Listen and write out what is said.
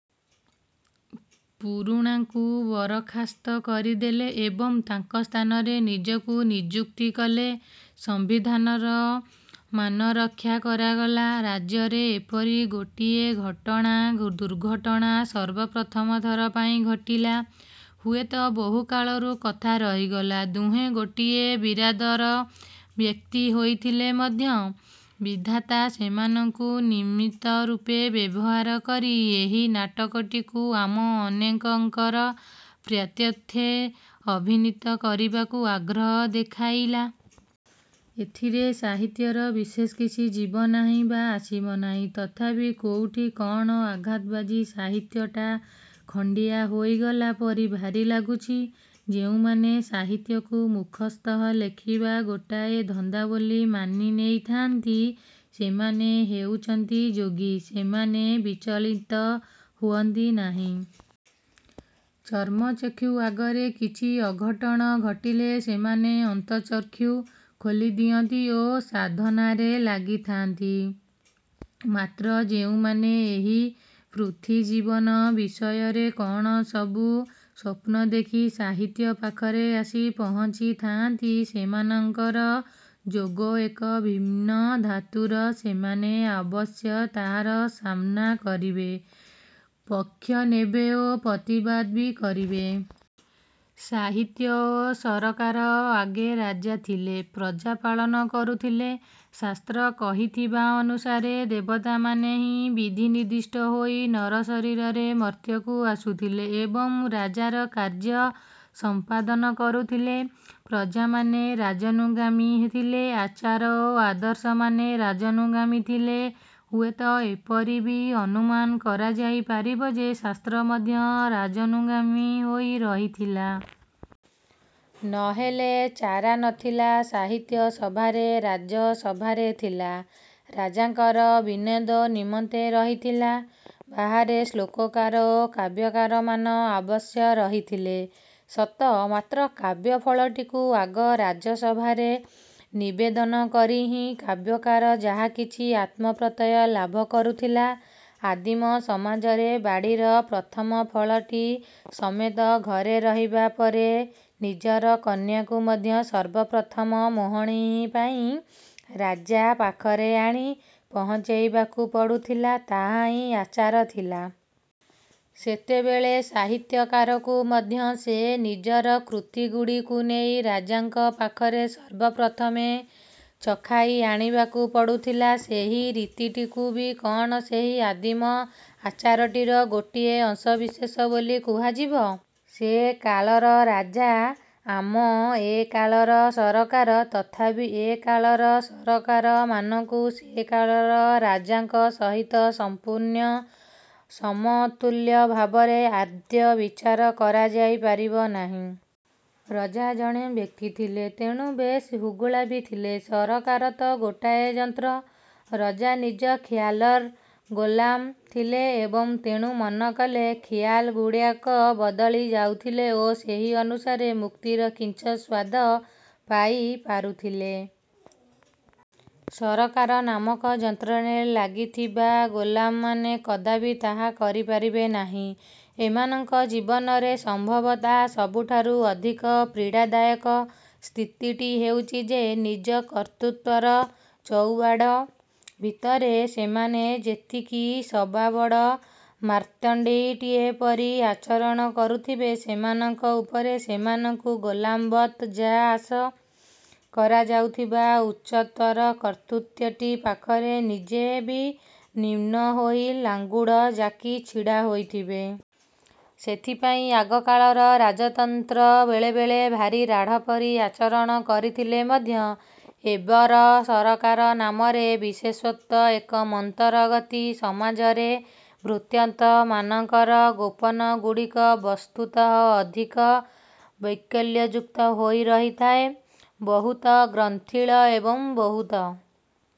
ପୁରୁଣାଙ୍କୁ ବରଖାସ୍ତ କରିଦେଲେ ଏବଂ ତାଙ୍କ ସ୍ଥାନରେ ନିଜକୁ ନିଯୁକ୍ତି କଲେ। ସମ୍ବିଧାନର ମାନରକ୍ଷା କରାଗଲା। ରାଜ୍ୟରେ ଏପରି ଗୋଟିଏ ଘଟଣା, ଦୁର୍ଘଟଣା ସର୍ବପ୍ରଥମ ଥର ପାଇଁ ଘଟିଲା। ହୁଏତ ବହୁକାଳକୁ କଥା ରହିଗଲା। ଦୁହେଁ ଗୋଟିଏ ବିରାଦରର ବ୍ୟକ୍ତି ହୋଇଥିଲେ ମଧ୍ୟ ବିଧାତା ସେମାନଙ୍କୁ ନିମିତ୍ତ ରୂପେ ବ୍ୟବହାର କରି ଏହି ନାଟକଟିକୁ ଆମ ଅନେକଙ୍କର ପ୍ରୀତ୍ୟର୍ଥେ ଅଭିନୀତ କରିବାକୁ ଆଗ୍ରହ ଦେଖାଇଲା। ଏଥିରେ ସାହିତ୍ୟର ବିଶେଷ କିଛି ଯିବ ନାହିଁ ବା ଆସିବ ନାହିଁ। ତଥାପି କୋଉଠି କଣ ଆଘାତ ବାଜି ସାହିତ୍ୟଟା ଖଣ୍ଡିଆ ହୋଇଗଲା ପରି ଭାରି ଲାଗୁଛି। ଯୋଉମାନେ ସାହିତ୍ୟକୁ ମୁଖ୍ୟତଃ ଲେଖିବାର ଗୋଟାଏ ଧନ୍ଦା ବୋଲି ମାନି ନେଇଥାନ୍ତି, ସେମାନେ ହେଉଛନ୍ତି ଯୋଗୀ। ସେମାନେ ବିଚଳିତ ହୁଅନ୍ତି ନାହିଁ। ଚର୍ମ ଚକ୍ଷୁ ଆଗରେ କିଛି ଅଘଟଣ ଘଟିଲେ ସେମାନେ ଅନ୍ତର୍ଚକ୍ଷୁ ଖୋଲିଦିଅନ୍ତି ଓ ସାଧନାରେ ଲାଗିଥାନ୍ତି। ମାତ୍ର ଯେଉଁମାନେ ଏହି ପୃଥ୍ୱୀଜୀବନ ବିଷୟରେ କଣ ସବୁ ସ୍ୱପ୍ନ ଦେଖି ସାହିତ୍ୟ ପାଖରେ ଆସି ପହଞ୍ଚିଥାଆନ୍ତି, ସେମାନଙ୍କର ଯୋଗ ଏକ ଭିନ୍ନ ଧାତୁର। ସେମାନେ ଅବଶ୍ୟ ତାହାର ସାମ୍ନା କରିବେ, ପକ୍ଷ ନେବେ ଓ ପ୍ରତିବାଦ ବି କରିବେ। ସାହିତ୍ୟ ଓ ସରକାର ଆଗେ ରାଜା ଥିଲେ, ପ୍ରଜାପାଳନ କରୁଥିଲେ। ଶାସ୍ତ୍ର କହିଥିବା ଅନୁସାରେ ଦେବତାମାନେ ହିଁ ବିଧିନିର୍ଦ୍ଦିଷ୍ଟ ହୋଇ ନର ଶରୀରରେ ମର୍ତ୍ତ୍ୟକୁ ଆସୁଥିଲେ ଏବଂ ରାଜାର କାର୍ଯ୍ୟ ସମ୍ପାଦନ କରୁଥିଲେ। ପ୍ରଜାମାନେ ରାଜାନୁଗାମୀ ଥିଲେ। ଆଚାର ଓ ଆଦର୍ଶମାନେ ରାଜାନୁଗାମୀ ଥିଲେ। ହୁଏତ ଏପରି ବି ଅନୁମାନ କରାଯାଇପାରିବ ଯେ ଶାସ୍ତ୍ର ମଧ୍ୟ ରାଜାନୁଗାମୀ ହୋଇ ରହିଥିଲା। ନହେଲେ ଚାରା ନଥିଲା। ସାହିତ୍ୟ ସଭାରେ, ରାଜସଭାରେ ଥିଲା। ରାଜାଙ୍କର ବିନୋଦ ନିମନ୍ତେ ରହିଥିଲା। ବାହାରେ ଶ୍ଳୋକକାର ଓ କାବ୍ୟକାରମାନେ ଅବଶ୍ୟ ରହିଥିଲେ ସତ, ମାତ୍ର କାବ୍ୟ-ଫଳଟିକୁ ଆଗ ରାଜସଭାରେ ନିବେଦନ କରି ହିଁ କାବ୍ୟକାର ଯାହାକିଛି ଆତ୍ମପ୍ରତ୍ୟୟ ଲାଭ କରୁଥିଲା। ଆଦିମ ସମାଜରେ ବାଡ଼ିର ପ୍ରଥମ ଫଳଟି ସମେତ ଘରେ ରହିବା ପରେ ନିଜର କନ୍ୟାକୁ ମଧ୍ୟ ସର୍ବପ୍ରଥମ ମଣୋହି ପାଇଁ ରାଜା ପାଖରେ ଆଣି ପହଞ୍ଚାଇବାକୁ ପଡୁଥିଲା ତାହା ହିଁ ଆଚାର ଥିଲା। ସେତେବେଳେ ସାହିତ୍ୟକାରକୁ ମଧ୍ୟ ସେ ନିଜର କୃତିଗୁଡ଼ିକୁ ନେଇ ରାଜାଙ୍କ ପାଖରେ ସର୍ବପ୍ରଥମେ ଚଖାଇ ଆଣିବାକୁ ପଡୁଥିଲା, ଏହି ରୀତିଟିକୁ ବି କଣ ସେହି ଆଦିମ ଆଚାରଟିର ଗୋଟିଏ ଅଂଶବିଶେଷ ବୋଲି କୁହାଯିବ? ସେକାଳର ରାଜା, ଆମ ଏ କାଳର ସରକାର। ତଥାପି ଏ କାଳର ସରକାରମାନଙ୍କୁ ସେ କାଳର ରାଜାଙ୍କ ସହିତ ସମ୍ପୂର୍ଣ୍ଣ ସମତୁଲ ଭାବରେ ଆଦୌ ବିଚାର କରାଯାଇ ପାରିବ ନାହିଁ। ରଜା ଜଣେ ବ୍ୟକ୍ତି ଥିଲେ, ତେଣୁ ବେଶ୍ ହୁଗୁଳା ବି ଥିଲେ। ସରକାର ତ ଗୋଟାଏ ଯନ୍ତ୍ର। ରଜା ନିଜ ଖିଆଲର ଗୋଲାମ ଥିଲେ ଏବଂ ତେଣୁ ମନ କଲେ ଖିଆଲଗୁଡ଼ିକ ବଦଳି ଯାଉଥିଲେ ଓ ସେହି ଅନୁସାରେ ମୁକ୍ତିର କିଞ୍ଚିତ୍ ସ୍ୱାଦ ପାଇ ପାରୁଥିଲେ। ସରକାର ନାମକ ଯନ୍ତ୍ରରେ ଲାଗିଥିବା ଗୋଲାମମାନେ କଦାପି ତାହା କରିପାରିବେ ନାହିଁ। ଏମାନଙ୍କ ଜୀବନରେ ସମ୍ଭବତଃ ସବୁଠାରୁ ଅଧିକ ପୀଡ଼ାଦାୟକ ସ୍ଥିତିଟି ହେଉଛି ଯେ ନିଜ କର୍ତ୍ତୃତ୍ୱର ଚଉବାଡ଼ ଭିତରେ ସେମାନେ ଯେତିକି ସବାବଡ଼ ମାର୍ତ୍ତଣ୍ଡଟିଏ ପରି ଆଚରଣ କରୁଥିବେ। ସେମାନଙ୍କ ଉପରେ ସେମାନଙ୍କୁ ଗୋଲାମବତ୍ ଯା ଆସ କରାଉଥିବା ଉଚ୍ଚତର କର୍ତ୍ତୃତ୍ୱଟି ପାଖରେ ନିଜେ ବି ନ୍ୟୁନ ହୋଇ ଲାଙ୍ଗୁଡ଼ ଜାକି ଛିଡ଼ା ହୋଇଥିବେ। ସେଥିପାଇଁ ଆଗକାଳର ରାଜତନ୍ତ୍ର ବେଳେବେଳେ ଭାରି ରାଢ଼ ପରି ଆଚରଣ କରିଥିଲେ ମଧ୍ୟ ଏବର ସରକାର ନାମରେ ବିଶେଷତଃ ଏକ ମନ୍ଥରଗତି ସମାଜରେ ଭୃତ୍ୟତନ୍ତ୍ର ମାନଙ୍କର କୋପନଗୁଡ଼ିକ ବସ୍ତୁତଃ ଅଧିକ ବୈକଲ୍ୟଯୁକ୍ତ ହୋଇ ରହିଥାଏ। ବହୁତ ଗ୍ରନ୍ଥିଳ ଏବଂ ବହୁତ